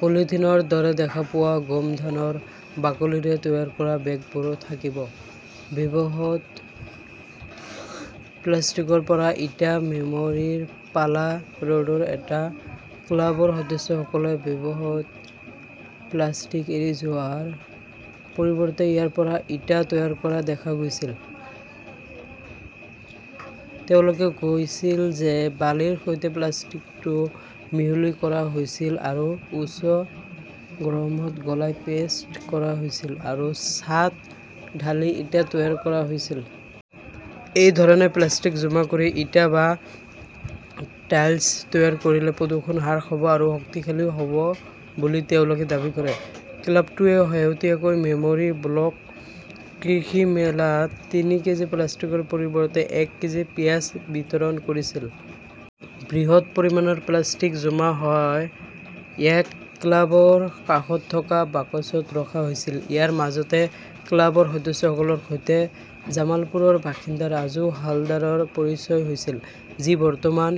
পলিথিনৰ দৰে দেখা পোৱা গোমধানৰ বাকলিৰে তৈয়াৰ কৰা বেগবোৰো থাকিব। ব্যৱহৃত প্লাষ্টিকৰ পৰা ইটা মেমৰীৰ পালা ৰোডৰ এটা ক্লাবৰ সদস্যসকলে ব্যৱহৃত প্লাষ্টিক এৰি যোৱাৰ পৰিৱৰ্তে ইয়াৰ পৰা ইটা তৈয়াৰ কৰা দেখা গৈছিল। তেওঁলোকে কৈছিল যে বালিৰ সৈতে প্লাষ্টিকটো মিহলি কৰা হৈছিল আৰু উচ্চ গৰমত গলাই পেষ্ট কৰা হৈছিল আৰু ছাঁত ঢালি ইটা তৈয়াৰ কৰা হৈছিল। এই ধৰণে প্লাষ্টিক জমা কৰি ইটা বা টাইলচ তৈয়াৰ কৰিলে প্ৰদূষণ হ্ৰাস হ'ব আৰু শক্তিশালী হ'ব বুলি তেওঁলোকে দাবী কৰে। ক্লাবটোৱে শেহতীয়াকৈ মেমৰী ব্লক কৃষি মেলাত তিনি কেজি প্লাষ্টিকৰ পৰিৱৰ্তে এক কেজি পিয়াজ বিতৰণ কৰিছিল। বৃহৎ পৰিমাণৰ প্লাষ্টিক জমা হয় ইয়াক ক্লাবৰ কাষত থকা বাকচত ৰখা হৈছিল। ইয়াৰ মাজতে ক্লাবৰ সদস্যসকলৰ সৈতে জামালপুৰৰ বাসিন্দা ৰাজু হালদাৰৰ পৰিচয় হৈছিল, যি বৰ্তমান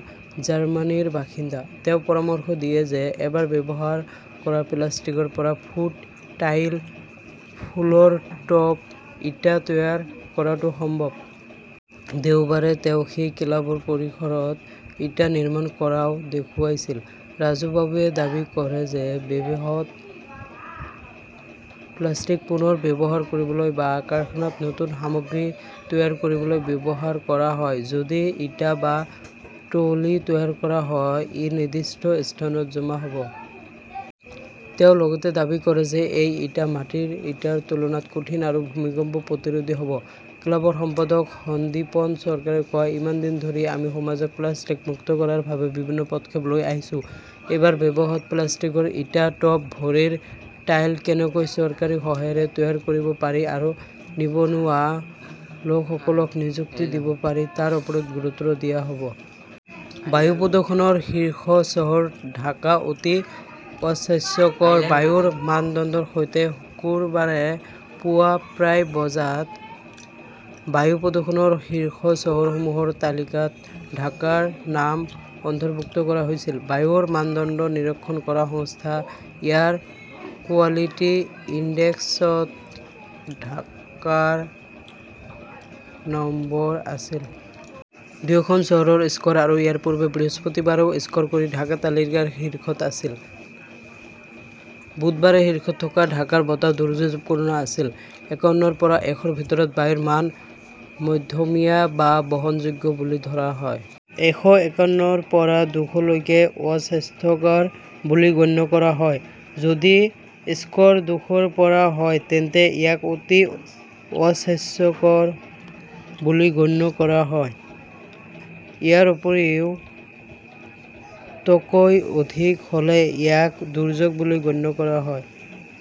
জাৰ্মানীৰ বাসিন্দা। তেওঁ পৰামৰ্শ দিয়ে যে এবাৰ ব্যৱহাৰ কৰা প্লাষ্টিকৰ পৰা ফুট টাইল, ফুলৰ টব, ইটা তৈয়াৰ কৰাটো সম্ভৱ। দেওবাৰে তেওঁ সেই ক্লাবৰ পৰিসৰত ইটা নিৰ্মাণ কৰাও দেখুৱাইছিল। ৰাজুবাবুৱে দাবী কৰে যে ব্যৱহৃত প্লাষ্টিক পুনৰ ব্যৱহাৰ কৰিবলৈ বা কাৰখানাত নতুন সামগ্ৰী তৈয়াৰ কৰিবলৈ ব্যৱহাৰ কৰা হয়। যদি ইটা বা টলি তৈয়াৰ কৰা হয় ,ই নিৰ্দিষ্ট স্থানত জমা হ 'ব। তেওঁ লগতে দাবী কৰে যে এই ইটা মাটিৰ ইটাৰ তুলনাত কঠিন আৰু ভূমিকম্প প্ৰতিৰোধী হ'ব। ক্লাবৰ সম্পাদক সন্দীপন চৰকাৰে কয়, ইমান দিন ধৰি আমি সমাজক প্লাষ্টিক মুক্ত কৰাৰ বাবে বিভিন্ন পদক্ষেপ লৈ আহিছোঁ এইবাৰ ব্যৱহৃত প্লাষ্টিকৰ ইটা, টব, ভৰিৰ টাইল কেনেকৈ চৰকাৰী সহায়ৰে তৈয়াৰ কৰিব পাৰি আৰু নিবনুৱা লোকসকলক নিযুক্তি দিব পাৰি তাৰ ওপৰত গুৰুত্ব দিয়া হ'ব। বায়ু প্ৰদূষণৰ শীৰ্ষ চহৰ ঢাকা অতি অস্বাস্থ্যকৰ বায়ুৰ মানদণ্ডৰ সৈতে শুকুৰবাৰে পুৱা প্ৰায় বজাত বায়ু প্ৰদূষণৰ শীৰ্ষ চহৰসমূহৰ তালিকাত ঢাকাৰ নাম অন্তৰ্ভুক্ত কৰা হৈছিল। বায়ুৰ মানদণ্ড নিৰীক্ষণ কৰা সংস্থা এয়াৰ কোৱালিটি ইনডেক্স ত ঢাকাৰ নম্বৰ আছিল। দুয়োখন চহৰৰ স্কৰ আৰু ইয়াৰ পূৰ্বে বৃহস্পতিবাৰেও স্কৰ কৰি ঢাকা তালিকাৰ শীৰ্ষত আছিল। বুধবাৰে শীৰ্ষত থকা ঢাকাৰ বতাহ দুৰ্যোগপূৰ্ণ আছিল। একাৱন্নৰ পৰা এশ ৰ ভিতৰত বায়ুৰ মান মধ্যমীয়া বা বহনযোগ্য বুলি ধৰা হয়। এশ একাৱন্নৰ পৰা দুশ লৈকে অস্বাস্থ্যকৰ বুলি গণ্য কৰা হয়। যদি স্কৰ দুশ ৰ পৰা হয় তেন্তে ইয়াক অতি অস্বাস্থ্যকৰ বুলি গণ্য কৰা হয়। ইয়াৰ উপৰিও তকৈ অধিক হ'লে ইয়াক দুৰ্যোগ বুলি গণ্য কৰা হয়।